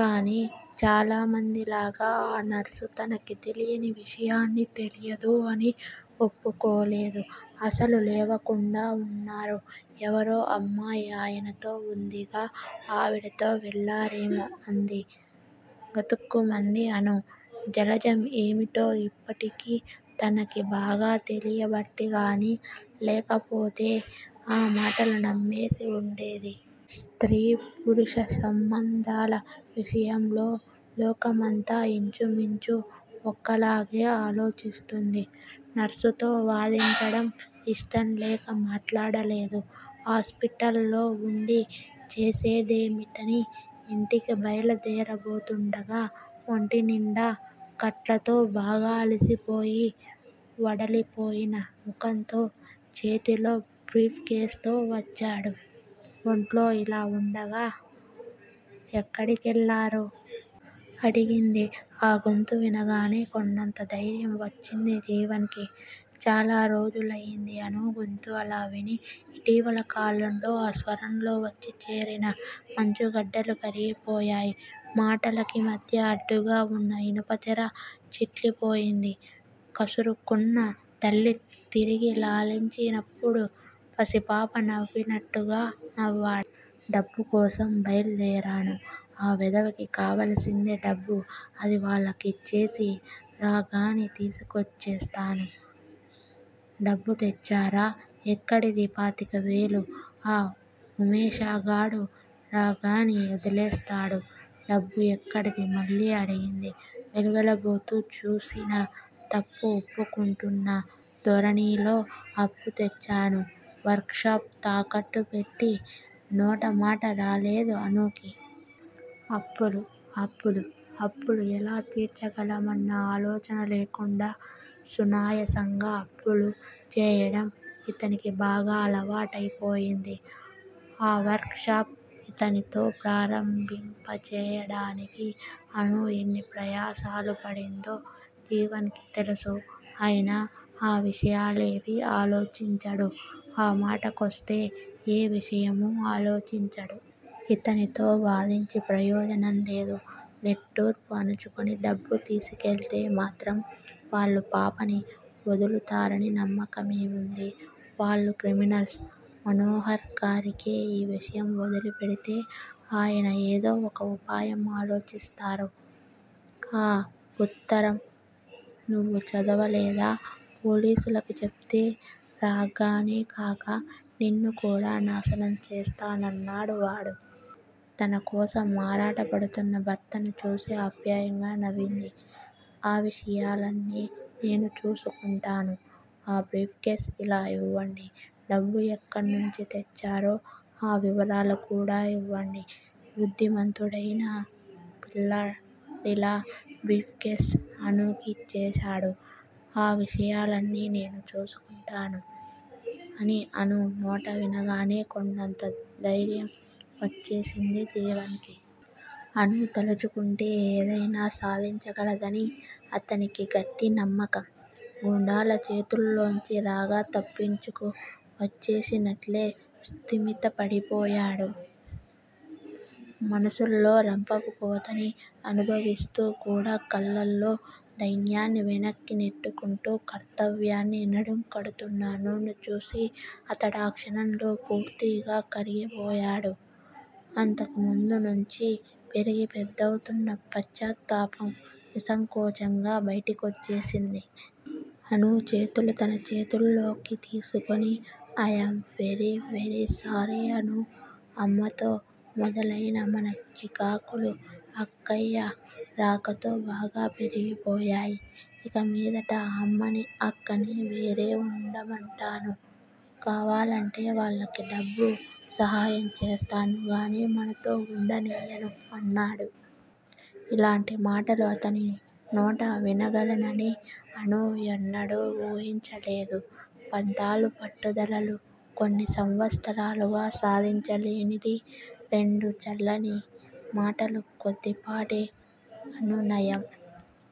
కాని చాలా మంది లాగ ఆ నర్సు తనకి తెలియని విషయాన్ని తెలియదు అని ఒప్పుకోలేదు. అస్సలు లేవకుండా వున్నారు ఎవరో అమ్మాయి ఆయనతో వుందిగా! ఆవిడతో వెళ్ళారేమో? అంది. గతుక్కుమంది అణు. జలజ ఏమిటో ఇప్పటికి తనకి బాగా తెలియబట్టి గాని, లేకపోతే ఆమాటలు నమ్మేసి ఉండేది. స్త్రీ పురుష సంబంధాల విషయంలో లోకమంతా యించుమించు ఒక్కలాగే ఆలోచిస్తుంది. నర్సుతో వాదించడం ఇష్టం లేక మాట్లాడలేదు. హాస్పిటల్ లో వుండి చేసేదేమిటని యింటికి బయలుదేరబోతుండగా ఒంటినిండా కట్లతో బాగా అలసిపోయి వడలిపోయిన ముఖంతో చేతిలో భ్రీఫ్ కేస్ తో వచ్చాడు. ఒంట్లో ఇలా వుండగా ఎక్కడికెళ్ళారు? అడిగింది. ఆ గొంతు వినగానే కొండంత దైర్యం వచ్చింది జీవన్ కి. చాలా రోజులైంది అణు గొంతు అలా విని. ఇటివల కాలంలో ఆ స్వరంలో వచ్చి చేరిన మంచుగడ్డలు కరిగిపోయాయి. మాటలకి మధ్య అడ్డుగా వున్న ఇనపతెర చిట్లిపోయింది. కసురుకున్న తల్లి తిరిగి లాలించి నప్పుడు పసిపాప నవ్వినట్లుగా నవ్వాడు. డబ్బు కోసం బయల్దేరాను. ఆ వెధవకి కావలసింది డబ్బు అది వాళ్ళకిచ్చేసి, రాగని తీసుకొచ్చేస్తాను. ' డబ్బు తెచ్చారా? ఎక్కడిది? పాతికవేలు ఆ హుమేషాగాడు రాగని వొదిలేస్తాడు. డబ్బు ఎక్కడిది? మళ్ళీ అడిగింది. వెలవెలబోతూ చేసిన తప్పు ఒప్పుకుంటున్న ధోరణిలో అప్పు తెచ్చాను వర్క్ షాప్ తాకట్టు పెట్టి నోటమాట రాలేదు అణుకి. అప్పులు, అప్పులు అప్పులు ఎలా తిర్చగలమన్న ఆలోచన లేకుండా సునాయాసంగా అప్పులు చేయడం ఇతనికి బాగా అలవాటైపోయింది. ఆ వర్క్ షాప్ ఇతనితో ప్రారంభింపజేయడానికి అణు ఎన్ని ప్రయాసలు పడిందో జీవన్ కి తెలుసు. అయినా ఆ విషయాలేవీ ఆలోచించడు. ఆ మాట కొస్తే ఏ విషయము ఆలోచించడు. ఇతనితో వాదించి ప్రయోజనం లేదు. నిట్టూర్పు అణచుకొని డబ్బు తీసికెళ్తే మాత్రం వాళ్ళు పాపని వొదులుతారని నమ్మకమేముంది? వాళ్ళు క్రిమినల్స్ మనోహర్ గారికే ఈ విషయం ఒదిలి పెడితే అయన ఏదో ఒక వుపాయం ఆలోచిస్తారు. ఆ ఉత్తరం నువ్వుచదావలేదా? పోలీసులకి చెప్తే రాగనే కాక, నిన్ను కూడా నాశనం చేస్తానన్నాడువాడు. తనకోసం ఆరాటపడుతున్న భర్తని చూసి ఆప్యాయంగా నవింది. ఆ విషయాలన్నీ నేను చూసుకుంటాను. ఆ బ్రీఫ్ కేస్ ఇలా యివండి. డబ్బు ఎక్కనుంచి తెచ్చారో ఆ వివరాలు కూడా ఇవండీ. బుద్దిమంతుడైనా పిల్లాడిలా బ్రీఫ్ కేస్ అణుకి యిచ్చేసాడు. ఆ విషయాలన్నీ నేను చూసుకుంటాను అని అణు నోట వినగానే కొండంత దైర్యం వచ్చేసింది జీవన్ కి. అణు తలచుకుంటే ఏదైనా సాధించగలదని అతనికి గట్టి నమ్మకం. గుండాల చేతుల్లోంచి రాగ తప్పించుకు వచ్చేసినట్లే స్థిమిత పడిపోయాడు. మనసులో రంపపు కోతని అనుభవిస్తూ కూడా కళ్ళల్లో దైన్యాన్ని వెనక్కి నెట్టుకుంటూ కర్తవ్యాన్ని నడుం కడుతోన్న అణుని చూసి అతడాక్షణంలో పూర్తిగా కరిగిపోయాడు. అంతకు ముందు నుంచి పెరిగి పెద్దదౌతున్న పశ్చాత్తాపం నిస్సంకోచంగా బయటి కొచ్చేసింది. అణు చేతులు తన చేతుల్లోకి తీసుకుని, I am very very sorry Anu! అమ్మతో మొదలైన మన చికాకులు అక్కయ్య రాకతో బాగా పెరిగిపోయాయి. ఇక మీదట అమ్మని, అక్కని వేరే ఉండమంటాను. కావాలంటే వాళ్ళకి డబ్బు సహాయం చేస్తాను గాని మనతో ఉండనియ్యను అన్నాడు. ఇలాంటి మాటలు అతని నోట వినగలనని అణు ఎన్నడూ వుహించలేదు. పంతాలు పట్టుదలలు కొన్ని సంవత్సరాలుగా సాధించలేనిది, రెండు చల్లని మాటలు, కొద్దిపాటి అనునయం